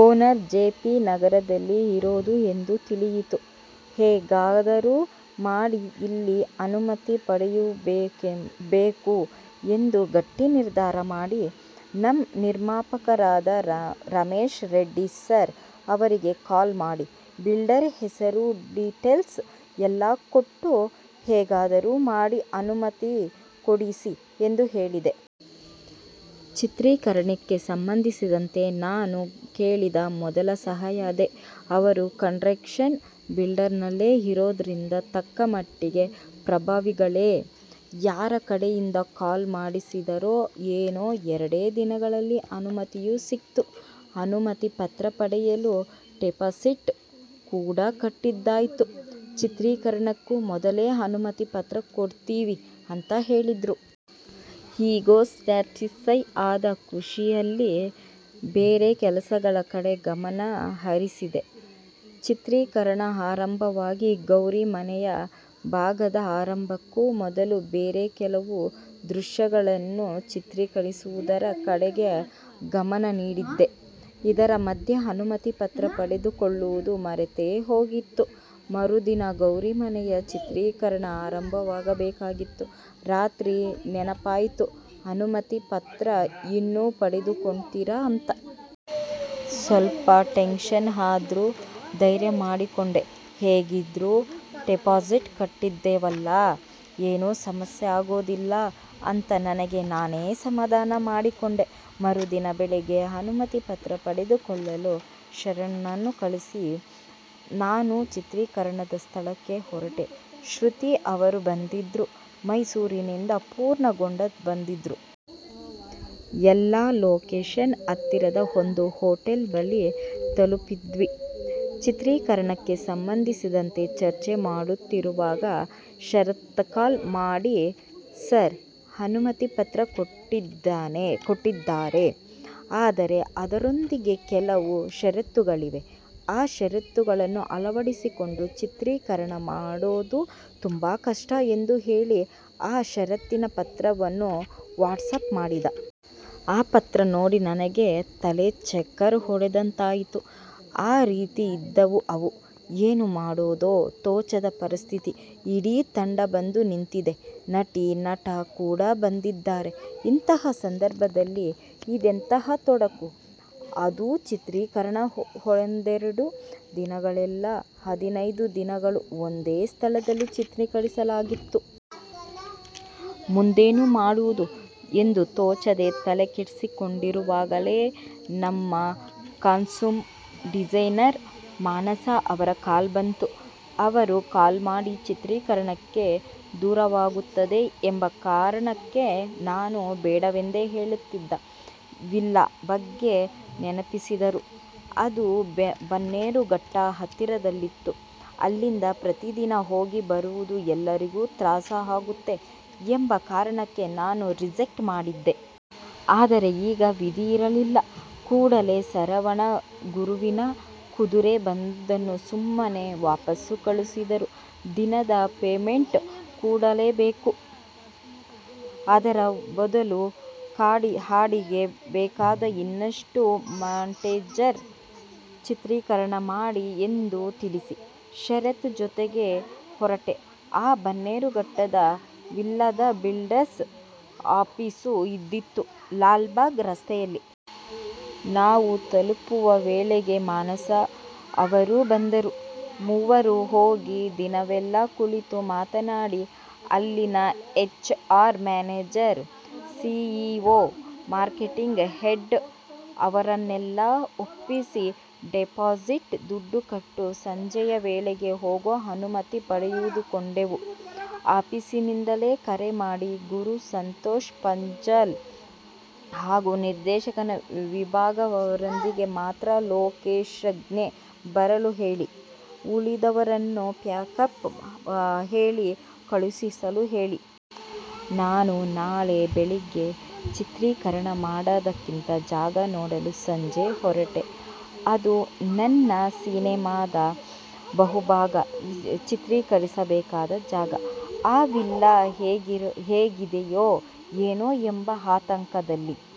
Owner J P ನಗರದಲ್ಲಿ ಇರೋದು ಎಂದು ತಿಳಿಯಿತು. ಹೇಗಾದರು ಮಾಡಿ ಇಲ್ಲಿ ಅನುಮತಿ ಪಡೆಯಲೇಬೇಕು ಎಂದು ಗಟ್ಟಿ ನಿರ್ಧಾರ ಮಾಡಿ, ನಮ್ ನಿರ್ಮಾಪಕರಾದ ರಮೇಶ್ ರೆಡ್ಡಿ ಸರ್ ಅವರಿಗೆ ಕಾಲ್ ಮಾಡಿ, ಬಿಲ್ಡರ್ ಹೆಸರು ಡಿಟೇಲ್ಸ್ ಎಲ್ಲಾ ಕೊಟ್ಟು, ಹೇಗಾದರು ಮಾಡಿ ಅನುಮತಿ ಕೊಡಿಸಿ ಎಂದು ಕೇಳಿದೆ. ಚಿತ್ರೀಕರಣಕ್ಕೆ ಸಂಬಂಧಿಸಿದಂತೆ ನಾನು ಕೇಳಿದ ಮೊದಲ ಸಹಾಯ ಅದೇ. ಅವರು ಕನ್ಸ್ಟ್ರ ಕ್ಷನ್ ಫೀಲ್ಡಲ್ಲೇ ಇರೋದ್ರಿಂದ ತಕ್ಕಮಟ್ಟಿಗೆ ಪ್ರಭಾವಿಗಳೇ. ಯಾರ ಕಡೆಯಿಂದ ಕಾಲ್ ಮಾಡಿಸಿದರೋ ಏನೋ ಎರಡೇ ದಿನದಲ್ಲಿ ಅನುಮತಿಯೂ ಸಿಕ್ತು, ಅನುಪತಿ ಪತ್ರ ಪಡೆಯಲು ಡೆಪಾಸಿಟ್ ಕೂಡ ಕಟ್ಟಿದ್ದಾಯ್ತು. ಚಿತ್ರೀಕರಣಕ್ಕೊ ಮೊದಲೇ ಅನುಮತಿ ಪತ್ರ ಕೊಡ್ತೀವಿ ಅಂತ ಹೇಳಿದ್ರು. ಇಗೋ ಸ್ಯಾಟಿಸ್ಫೈ ಆದ ಖುಷಿಯಲ್ಲಿ ಬೇರೆ ಕೆಲಸಗಳ ಕಡೆ ಗಮನ ಹರಿಸಿದೆ. ಚಿತ್ರೀಕರಣ ಆರಂಭವಾಗಿ ಗೌರಿ ಮನೆಯ ಭಾಗದ ಆರಂಭಕ್ಕೂ ಮೊದಲು ಬೇರೆ ಕೆಲವು ದೃಶ್ಯಗಳನ್ನು ಚಿತ್ರೀಕರಿಸುವುದರ ಕಡೆಗೆ ಗಮನ ನೀಡಿದ್ದೆ. ಇದರ ಮಧ್ಯೆ ಅನುಮತಿ ಪತ್ರ ಪಡೆದುಕೊಳ್ಳುವುದು ಮರೆತೇ ಹೋಗಿತ್ತು. ಮರುದಿನ ಗೌರಿ ಮನೆಯ ಚಿತ್ರೀಕರಣ ಆರಂಭವಾಗಬೇಕಿತ್ತು, ರಾತ್ರಿ ನೆನಪಾಯ್ತು ಅನುಮತಿ ಪತ್ರ ಇನ್ನೂ ಪಡೆದುಕೊಂಡಿಲ್ಲಾ ಅಂತ. ಸ್ವಲ್ಪ ಟೆನ್ಷನ್ ಆದ್ರು ಧೈರ್ಯ ಮಾಡಿಕೊಂಡೆ. ಹೇಗಿದ್ರು ಡೆಪಾಸಿಟ್ ಕಟ್ಟಿದ್ದೀವಲ್ಲಾ, ಏನೂ ಸಮಸ್ಯೆ ಆಗೋದಿಲ್ಲ ಅಂತ ನನಗೆ ನಾನೇ ಸಮಾಧಾನ ಮಾಡಿಕೊಂಡೆ. ಮರುದಿನ ಬೆಳಿಗ್ಗೆ ಅನುಮತಿ ಪತ್ರ ಪಡೆದುಕೊಳ್ಳಲು ಶರತ್ನನ್ನು ಕಳಿಸಿ, ನಾನು ಚಿತ್ರೀಕರಣದ ಸ್ಥಳಕ್ಕೆ ಹೊರಟೆ. ಶೃತಿ ಅವರೂ ಬರ್ತಿದ್ರು. ಮೈಸೂರಿನಿಂದ ಪೂರ್ಣ ಕೂಡ ಬಂದಿದ್ರು. ಎಲ್ಲಾ ಲೋಕೇಶನ್ ಹತ್ತಿರದ ಒಂದು ಹೋಟೆಲ್ ಬಳಿ ತಲುಪಿದ್ವಿ. ಚಿತ್ರೀಕರಣಕ್ಕೆ ಸಂಬಂಧಿಸಿದಂತೆ ಚರ್ಚೆ ಮಾಡುತ್ತಿರುವಾಗ ಶರತ್ಕಾಲ್ ಮಾಡಿ, ಸರ್ ಅನುಮತಿ ಪತ್ರ ಕೊಟ್ಟಿದ್ದಾರೆ. ಆದರೆ ಅದರೊಂದಿಗೆ ಕೆಲವು ಶರತ್ತುಗಳಿವೆ. ಆ ಶರತ್ತುಗಳನ್ನು ಅಳವಡಿಸಿಕೊಂಡು ಚಿತ್ರೀಕರಣ ಮಾಡೋದು ತುಂಬಾ ಕಷ್ಟ ಎಂದು ಹೇಳಿ, ಆ ಶರತ್ತಿನ ಪತ್ರವನ್ನು ವಾಟ್ಸಪ್ ಮಾಡಿದ. ಆ ಪತ್ರ ನೋಡಿ ನನಗೆ ತಲೆ ಚಕ್ಕರ್ ಹೊಡೆದಂತಾಯಿತು. ಆ ರೀತಿ ಇದ್ದವು ಅವು. ಏನು ಮಾಡುವುದೋ ತೋಚದ ಪರಿಸ್ಥಿತಿ ಇಡೀ ತಂಡ ಬಂದು ನಿಂತಿದೆ. ನಟಿ-ನಟ ಕೂಡ ಬಂದಿದ್ದಾರೆ. ಇಂತಹ ಸಂದರ್ಭದಲ್ಲಿ ಇದೆಂತಹ ತೊಡಕು. ಅದೂ ಚಿತ್ರೀಕರಣ ಒಂದೆರೆಡು ದಿನವಲ್ಲಾ. ಹದಿನೈದು ದಿನಗಳು ಒಂದೇ ಸ್ಥಳದಲ್ಲಿ ಚಿತ್ರೀಕರಿಸಬೇಕಿತ್ತು. ಮುಂದೇನು ಮಾಡುವುದು ಎಂದು ತೋಚದೆ ತಲೆಕೆಡಿಸ್ಕೊಂಡಿರುವಾಗಲೇ ನಮ್ಮ ಕಾಸ್ಟ್ಯೂಮ್ ಡಿಸೈನರ್ ಮಾನಸ ಅವರ ಕಾಲ್ ಬಂತು. ಅವರು ಕಾಲ್ ಮಾಡಿ, ಚಿತ್ರೀಕರಣಕ್ಕೆ ದೂರವಾಗುತ್ತದೆ ಎಂಬ ಕಾರಣಕ್ಕೆ ನಾನು ಬೇಡವೆಂದು ಹೇಳಿದ್ದ ವಿಲ್ಲಾ ಬಗ್ಗೆ ನೆನಪಿಸಿದರು. ಅದು ಬನ್ನೇರುಘಟ್ಟ ಹತ್ತಿರದಲ್ಲಿತ್ತು. ಅಲ್ಲಿಂದ ಪ್ರತಿದಿನ ಹೋಗಿ ಬರುವುದು ಎಲ್ಲರಿಗು ತ್ರಾಸ ಆಗುತ್ತೆ ಎಂಬ ಕಾರಣಕ್ಕೆ ನಾನು ರಿಜೆಕ್ಟ್ ಮಾಡಿದ್ದೆ. ಆದರೆ ಈಗ ವಿಧಿ ಇರಲಿಲ್ಲ. ಕೂಡಲೇ ಸರವಣ ಗುರುನ ಕರೆದು, ಬಂದವರನ್ನು ಸುಮ್ಮನೆ ವಾಪಸ್ಸು ಕಳಿಸಿದರೂ ದಿನದ ಪೇಮೆಂಟ್ ಕೊಡಲೇಬೇಕು. ಅದರ ಬದಲು, ಹಾಡಿಗೆ ಬೇಕಾದ ಇನ್ನೊಂದಷ್ಟು ಮಾಂಟೇಜಸ್ ಚಿತ್ರೀಕರಣ ಮಾಡಿ ಎಂದು ತಿಳಿಸಿ, ಶರತ್ ಜೊತೆಗೆ ಹೊರಟೆ, ಆ ಬನ್ನೇರುಘಟ್ಟದ ವಿಲ್ಲಾದ ಬಿಲ್ಡರ್ಸ್ ಆಫೀಸು ಇದ್ದದ್ದು, ಲಾಲ್ ಬಾಗ್ ರಸ್ತೆಯಲ್ಲಿ. ನಾವು ತಲುಪುವ ವೇಳೆಗೆ ಮಾನಸ ಅವರೂ ಬಂದರು. ಮೂವರೂ ಹೋಗಿ, ದಿನವೆಲ್ಲಾ ಕುಳಿತು, ಮಾತನಾಡಿ, ಅಲ್ಲಿನ H R, manager, CEO, marketing head ಅವರನ್ನೆಲ್ಲಾ ಒಪ್ಪಿಸಿ, ಡೆಪಾಸಿಟ್ ದುಡ್ದು ಕೊಟ್ಟು ಸಂಜೆಯ ವೇಳೆಗೆ ಹೇಗೋ ಅನುಮತಿ ಪಡೆದುಕೊಂಡೆವು. ಆಫೀಸಿಂದಲೇ ಕರೆ ಮಾಡಿ, ಗುರು, ಸಂತೋಷ್ ಪಾಂಚಾಲ್ ಹಾಗೂ ನಿರ್ದೇಶನ ವಿಭಾಗದವರಿಗೆ ಮಾತ್ರ ಲೊಕೇಷನ್ಗೆ ಬರಲು ಹೇಳಿ, ಉಳಿದವರನ್ನು ಪ್ಯಾಕಪ್ ಹೇಳಿ ಕಳುಹಿಸಲು ಹೇಳಿ. ನಾನು ನಾಳೆ ಬೆಳಗ್ಗೆ ಚಿತ್ರೀಕರಣ ಮಾಡಬೇಕಿದ್ದ ಜಾಗ ನೋಡಲು ಸಂಜೆ ಹೊರಟೆ. ಅದೂ ನನ್ನ ಸಿನೆಮಾದ ಬಹುಭಾಗ ಚಿತ್ರೀಕರಿಸಬೇಕಾದ ಜಾಗ. ಆ ವಿಲ್ಲಾ ಹೇಗಿದೆಯೋ ಏನೋ ಎಂಬ ಆತಂಕದಲ್ಲಿ.